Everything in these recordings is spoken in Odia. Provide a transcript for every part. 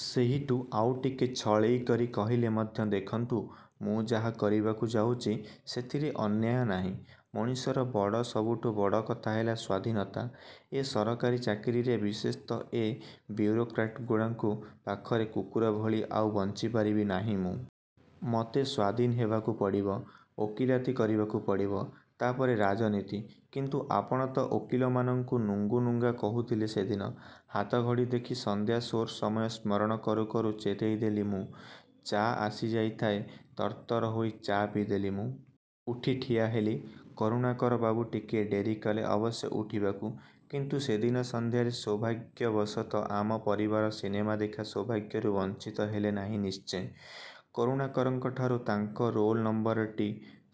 " ସେଇଠୁ ଆଉଟିକେ ଛଳେଇ କରି କହିଲେ ମଧ୍ୟ "ଦେଖନ୍ତୁ, ମୁଁ ଯାହା କରିବାକୁ ଯାଉଛି ସେଥିରେ ଅନ୍ୟାୟ ନାହିଁ। ମଣିଷର ବଡ଼, ସବୁଠୁଁ ବଡ଼ କଥା ହେଲା ସ୍ୱାଧୀନତା। ଏ ସରକାରୀ ଚାକିରିରେ ବିଶେଷତଃ ଏ ବ୍ୟୁରୋକ୍ରାଟ୍ଗୁଡ଼ାଙ୍କ ପାଖରେ କୁକୁରଭଳି ଆଉ ବଞ୍ଚିପାରିବି ନାଇଁ ମୁଁ। ମତେ ସ୍ୱାଧୀନ ହେବାକୁ ପଡ଼ିବ। ଓକିଲାତି କରିବାକୁ ପଡ଼ିବ। ତା'ପରେ–ରାଜନୀତି। " "କିନ୍ତୁ ଆପଣ ତ ଓକିଲମାନଙ୍କୁ ନୁଙ୍ଗୁ ନୁଙ୍ଗା କହୁଥିଲେ ସେଦିନ। " ହାତଘଡ଼ି ଦେଖି ସନ୍ଧ୍ୟା ସୋ'ର ସମୟ ସ୍ମରଣ କରୁ କରୁ ଚେତେଇଦେଲି ମୁଁ। ଚା' ଆସିଯାଇଥାଏ। ତର ତର ହୋଇ ଚା' ପିଇଦେଲି ମୁଁ। ଉଠି ଠିଆ ହେଲି। କରୁଣାକର ବାବୁ ଟିକିଏ ଡେରି କଲେ ଅବଶ୍ୟ ଉଠିବାକୁ। କିନ୍ତୁ, ସେଦିନ ସନ୍ଧ୍ୟାରେ ସୌଭାଗ୍ୟବଶତଃ ଆମ ପରିବାର ସିନେମା ଦେଖା ସୌଭାଗ୍ୟରୁ ବଞ୍ଚିତ ହେଲେ ନାହିଁ ନିଶ୍ଚୟ। କରୁଣାକରଙ୍କଠାରୁ ତାଙ୍କ ରୋଲ୍ ନମ୍ବରଟି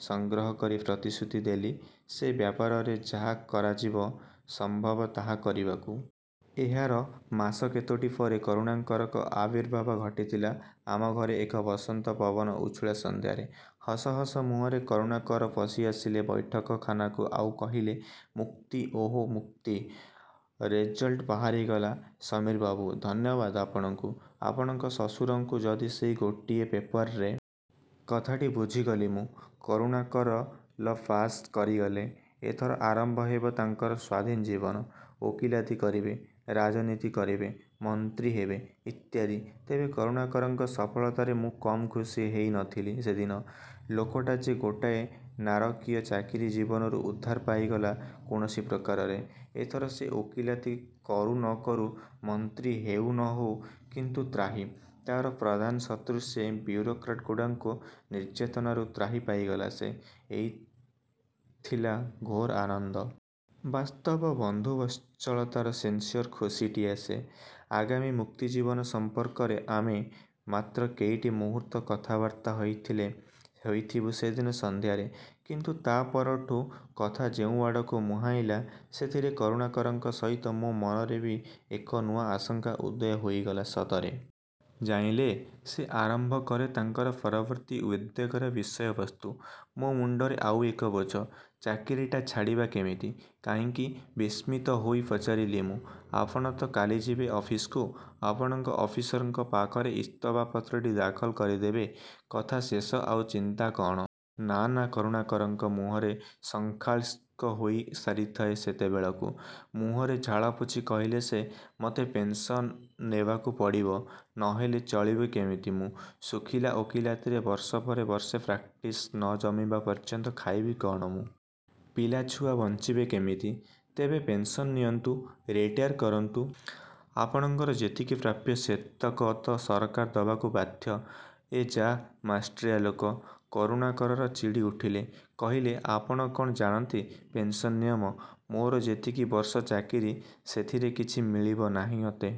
ସଂଗ୍ରହ କରି ପ୍ରତିଶ୍ରୂତି ଦେଲି ସେ ବ୍ୟାପାରରେ ଯାହା କରାଯିବା ସମ୍ଭବ ତାହା କରିବାକୁ। ଏହାର ମାସ କେତୋଟି ପରେ କରୁଣାକରଙ୍କ ଆବିର୍ଭାବ ଘଟିଥିଲା ଆମ ଘରେ ଏକ ବସନ୍ତ ପବନ ଉଚ୍ଛୁଳା ସନ୍ଧ୍ୟାରେ। ହସ ହସ ମୁହଁରେ କରୁଣାକର ପଶିଆସିଲେ ବୈଠକଖାନାକୁ ଆଉ କହିଲେ– "ମୁକ୍ତି, ଓଃ ମୁକ୍ତି–ରେଜଲଟ୍ ବାହାରିଗଲା ସମୀରବାବୁ! ଧନ୍ୟବାଦ ଆପଣଙ୍କୁ, ଆପଣଙ୍କ ଶଶୁରଙ୍କୁ। ଯଦି ସେଇ ଗୋଟାଏ ପେପରରେ... " କଥାଟି ବୁଝିଗଲି ମୁଁ। କରୁଣାକର ଲ' ପାଶ୍ କରିଗଲେ। ଏଥର ଆରମ୍ଭ ହେବ ତାଙ୍କର ସ୍ୱାଧୀନ ଜୀବନ। ଓକିଲାତି କରିବେ। ରାଜନୀତି କରିବେ। ମନ୍ତ୍ରୀ ହେବେ। ଇତ୍ୟାଦି। ତେବେ, କରୁଣାକରଙ୍କ ସଫଳତାରେ ମୁଁ କମ୍ ଖୁସି ହେଇ ନ ଥିଲି ସେଦିନ। ଲୋକଟା ଯେ ଗୋଟାଏ ନାରକୀୟ ଚାକିରି ଜୀବନରୁ ଉଦ୍ଧାର ପାଇଗଲା କୌଣସି ପ୍ରକାରେ, ଏଥର ସେ ଓକିଲାତି କରୁ ନ କରୁ, ମନ୍ତ୍ରୀ ହେଉ ନ ହେଉ, କିନ୍ତୁ ତ୍ରାହି–ତାର ପ୍ରଧାନ ଶତ୍ରୁ ସେ ବ୍ୟୁରୋକ୍ରାଟ୍ଗୁଡ଼ାଙ୍କ ନିର୍ଯ୍ୟାତନାରୁ ତ୍ରାହି ପାଇଗଲା ସେ–ଏଇଥିଲା ଘୋର ଆନନ୍ଦ। ବାସ୍ତବ ବନ୍ଧୁବତ୍ସଳତାର ସିନ୍ସିଅର ଖୁସିଟାଏ ସେ। ଆଗାମୀ ମୁକ୍ତଜୀବନ ସମ୍ପର୍କରେ ଆମେ ମାତ୍ର କେଇଟି ମୁହୂର୍ତ୍ତ କଥାବାର୍ତ୍ତା ହୋଇଥିଲେ ହୋଇଥିବୁ ସେଦିନ ସନ୍ଧ୍ୟାରେ। କିନ୍ତୁ ତା ପରଠୁ କଥା ଯେଉଁଆଡ଼କୁ ମୁହେଁଇଲା ସେଥିରେ କରୁଣାକରଙ୍କ ସହିତ ମୋ ମନରେ ବି ଏକ ନୂଆ ଆଶଙ୍କା ଉଦୟ ହୋଇଗଲା ସତରେ। "ଜାଇଁଲେ! ", ସେ ଆରମ୍ଭକଲେ ତାଙ୍କର ପରବର୍ତ୍ତୀ ଉଦ୍ବେଗର ବିଷୟବସ୍ତୁ, ''ମୋ ମୁଣ୍ଡରେ ଆଉ ଏକ ବୋଝ–ଚାକିରିଟା ଛାଡ଼ିବା କେମିତି! " "କାଇଁକି? ", ବିସ୍ମିତ ହୋଇ ପଚାରିଲି ମୁଁ, "ଆପଣ ତ କାଲିଯିବେ ଅଫିସ୍କୁ। ଆପଣଙ୍କ ଅଫିସରଙ୍କ ପାଖରେ ଇସ୍ତଫାପତ୍ରଟି ଦାଖଲ କରିଦେବେ। କଥା ଶେଷ ଆଉ, ଚିନ୍ତା କ'ଣ? " "ନା, ନା–", କରୁଣାକରଙ୍କ ମୁହଁ ଶଙ୍କାକ୍ଳିଷ୍ଟ ହୋଇସାରିଥାଏ ସେତେବେଳକୁ। ମୁହଁରୁ ଝାଳପୋଛି କହିଲେ ସେ, ''ମତେ ପେନ୍ସନ ନେବାକୁ ପଡ଼ିବ। ନ ହେଲେ ଚଳିବି କେମିତି ମୁଁ? ଶୁଖିଲା ଓକିଲାତିରେ ବର୍ଷ ପରେ ବର୍ଷ ପ୍ରାକ୍ଟିସ୍ ନ ଜମିବା ପର୍ଯ୍ୟନ୍ତ ଖାଇବି କ'ଣ ମୁଁ। ପିଲାଛୁଆ ବଞ୍ଚିବେ କେମିତି? " "ତେବେ ପେନ୍ସନ ନିଅନ୍ତୁ, ରିଟାୟାର୍ କରନ୍ତୁ। ଆପଣଙ୍କର ଯେତିକି ପ୍ରାପ୍ୟ ସେତକ ତ ସରକାର ଦବାକୁ ବାଧ୍ୟ–" "ହେଃ ଯାଃ–ମାଷ୍ଟରିଆ ଲୋକ! ", କରୁଣାକର ଚିଡ଼ି ଉଠିଲେ। କହିଲେ, "ଆପଣ କ'ଣ ଜାଣନ୍ତି ପେନ୍ସନ୍ ନିୟମ! ମୋର ଯେତିକି ବର୍ଷ ଚାକିରି ସେଥିରେ କିଛି ମିଳିବ ନାହିଁ ମତେ।